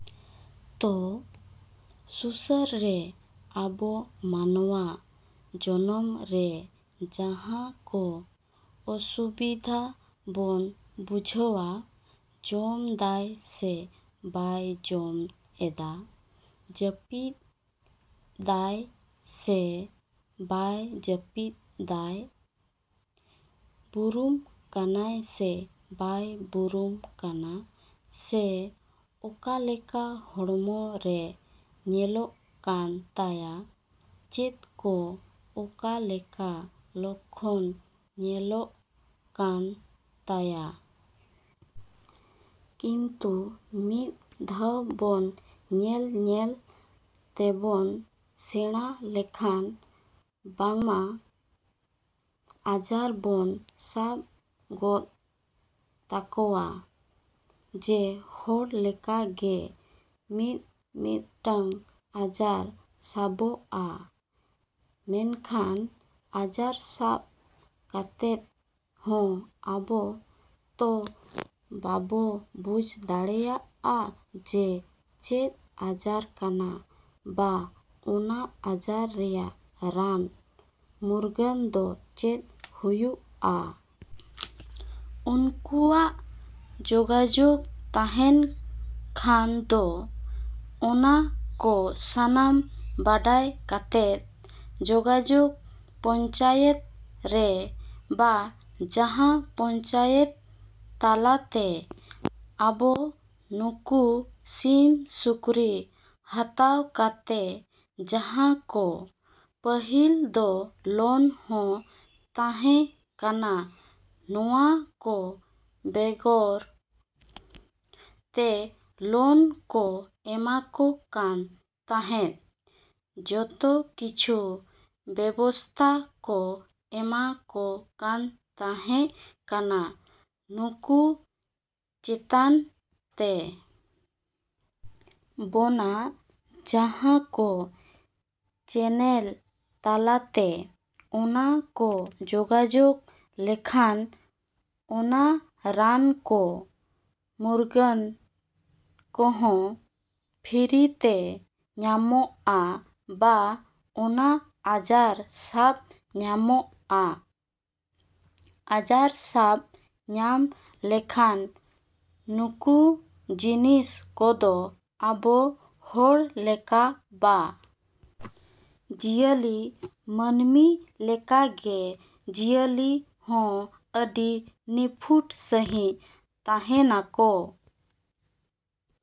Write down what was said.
ᱛᱚ, ᱥᱩᱥᱟᱹᱨ ᱨᱮ ᱟᱵᱚ ᱢᱟᱱᱣᱟ ᱡᱚᱱᱚᱢ ᱨᱮ ᱡᱟᱦᱟᱸ ᱠᱚ ᱚᱥᱩᱵᱤᱫᱷᱟ ᱵᱚᱱ ᱵᱩᱡᱷᱟᱹᱣᱟ ᱡᱚᱢ ᱫᱟᱭ ᱥᱮ ᱵᱟᱭ ᱡᱚᱢ ᱮᱫᱟ, ᱡᱟᱹᱯᱤᱫ ᱫᱟᱭ ᱥᱮ ᱵᱟᱭ ᱡᱟᱹᱯᱤᱫ ᱫᱟᱭ, ᱵᱩᱨᱩᱢ ᱠᱟᱱᱟᱭ ᱥᱮ ᱵᱟᱭ ᱵᱩᱨᱩᱢ ᱠᱟᱱᱟ? ᱥᱮ ᱚᱠᱟᱞᱮᱠᱟ ᱦᱚᱲᱢᱚ ᱨᱮ ᱧᱮᱞᱚᱜ ᱠᱟᱱ ᱛᱟᱭᱟ, ᱪᱮᱫ ᱠᱚ ᱚᱠᱟᱞᱮᱠᱟ ᱞᱚᱠᱠᱷᱚᱱ ᱧᱮᱞᱚᱜ ᱠᱟᱱ ᱛᱟᱭᱟ? ᱠᱤᱱᱛᱩ ᱢᱤᱫ ᱫᱷᱟᱣ ᱵᱚᱱ ᱧᱮᱞ ᱧᱮᱞ ᱛᱮᱵᱚᱱ ᱥᱮᱬᱟ ᱞᱮᱠᱷᱟᱱ ᱵᱟᱝᱢᱟ ᱟᱡᱟᱨ ᱵᱚᱱ ᱥᱟᱵ ᱜᱚᱫ ᱛᱟᱠᱚᱣᱟ᱾ ᱡᱮ ᱦᱚᱲ ᱞᱮᱠᱟ ᱜᱮ ᱢᱤᱫᱼᱢᱤᱫᱴᱟᱝ ᱟᱡᱟᱨ ᱥᱟᱵᱚᱜᱼᱟ᱾ ᱢᱮᱱᱠᱷᱟᱱ ᱟᱡᱟᱨ ᱥᱟᱵ ᱠᱟᱛᱮᱫ ᱦᱚᱸ ᱟᱵᱚ ᱛᱚ ᱵᱟᱵᱚ ᱵᱩᱡᱷ ᱫᱟᱲᱮᱭᱟᱜᱼᱟ ᱡᱮ ᱪᱮᱫ ᱟᱡᱟᱨ ᱠᱟᱱᱟ ᱵᱟ ᱚᱱᱟ ᱟᱡᱟᱨ ᱨᱮᱭᱟᱜ ᱨᱟᱱ ᱢᱩᱨᱜᱟᱹᱱ ᱫᱚ ᱪᱮᱫ ᱦᱩᱭᱩᱜᱼᱟ? ᱩᱱᱠᱩᱣᱟᱜ ᱡᱳᱜᱟᱡᱳᱜᱽ ᱛᱟᱦᱮᱱ ᱠᱷᱟᱱ ᱫᱚ ᱚᱱᱟ ᱠᱚ ᱥᱟᱱᱟᱢ ᱵᱟᱰᱟᱭ ᱠᱟᱛᱮᱫ ᱡᱳᱜᱟᱡᱳᱜᱽ ᱯᱚᱧᱪᱟᱭᱮᱛ ᱨᱮ ᱵᱟ ᱡᱟᱦᱟᱸ ᱯᱚᱧᱪᱟᱭᱮᱛ ᱛᱟᱞᱟᱛᱮ ᱟᱵᱚ ᱱᱩᱠᱩ ᱥᱤᱢ, ᱥᱩᱠᱨᱤ ᱦᱟᱛᱟᱣ ᱠᱟᱛᱮ ᱡᱟᱦᱟᱸ ᱠᱚ, ᱯᱟᱹᱦᱤᱞ ᱫᱚ ᱞᱳᱱ ᱦᱚᱸ ᱛᱟᱦᱮᱸ ᱠᱟᱱᱟ ᱱᱚᱣᱟ ᱠᱚ ᱵᱮᱜᱚᱨ ᱛᱮ, ᱞᱳᱱ ᱠᱚ ᱮᱢᱟᱠᱚ ᱠᱟᱱ ᱛᱟᱦᱮᱸᱫ, ᱡᱚᱛᱚ ᱠᱤᱪᱷᱩ ᱵᱮᱵᱚᱥᱛᱟ ᱠᱚ ᱮᱢᱟ ᱠᱚ ᱠᱟᱱ ᱛᱟᱦᱮᱸᱠᱟᱱᱟ ᱱᱩᱠᱩ ᱪᱮᱛᱟᱱ ᱛᱮ᱾ ᱵᱚᱱᱟ, ᱡᱟᱦᱟᱸ ᱠᱚ ᱪᱮᱱᱮᱞ ᱛᱟᱞᱟᱛᱮ ᱚᱱᱟ ᱠᱚ ᱡᱳᱜᱟᱡᱳᱜᱽ ᱞᱮᱠᱷᱟᱱ ᱚᱱᱟ ᱨᱟᱱ ᱠᱚ ᱢᱩᱨᱜᱟᱹᱱ ᱠᱚᱦᱚᱸ ᱯᱷᱨᱤ ᱛᱮ ᱧᱟᱢᱚᱜᱼᱟ, ᱵᱟ ᱚᱱᱟ ᱟᱡᱟᱨ ᱥᱟᱵ ᱧᱟᱢᱚᱜᱼᱟ, ᱟᱡᱟᱨ ᱥᱟᱵ ᱧᱟᱢ ᱞᱮᱠᱷᱟᱱ ᱱᱩᱠᱩ ᱡᱤᱱᱤᱥ ᱠᱚᱫᱚ ᱟᱵᱚ ᱦᱚᱲ ᱞᱮᱠᱟ ᱵᱟ ᱡᱤᱭᱟᱹᱞᱤ ᱢᱟᱹᱱᱢᱤ ᱞᱮᱠᱟᱜᱮ ᱡᱤᱭᱟᱹᱞᱤ ᱦᱚᱸ ᱟᱹᱰᱤ ᱱᱤᱯᱷᱩᱴ ᱥᱟᱺᱦᱤᱡ ᱛᱟᱸᱦᱮᱱᱟ ᱠᱚ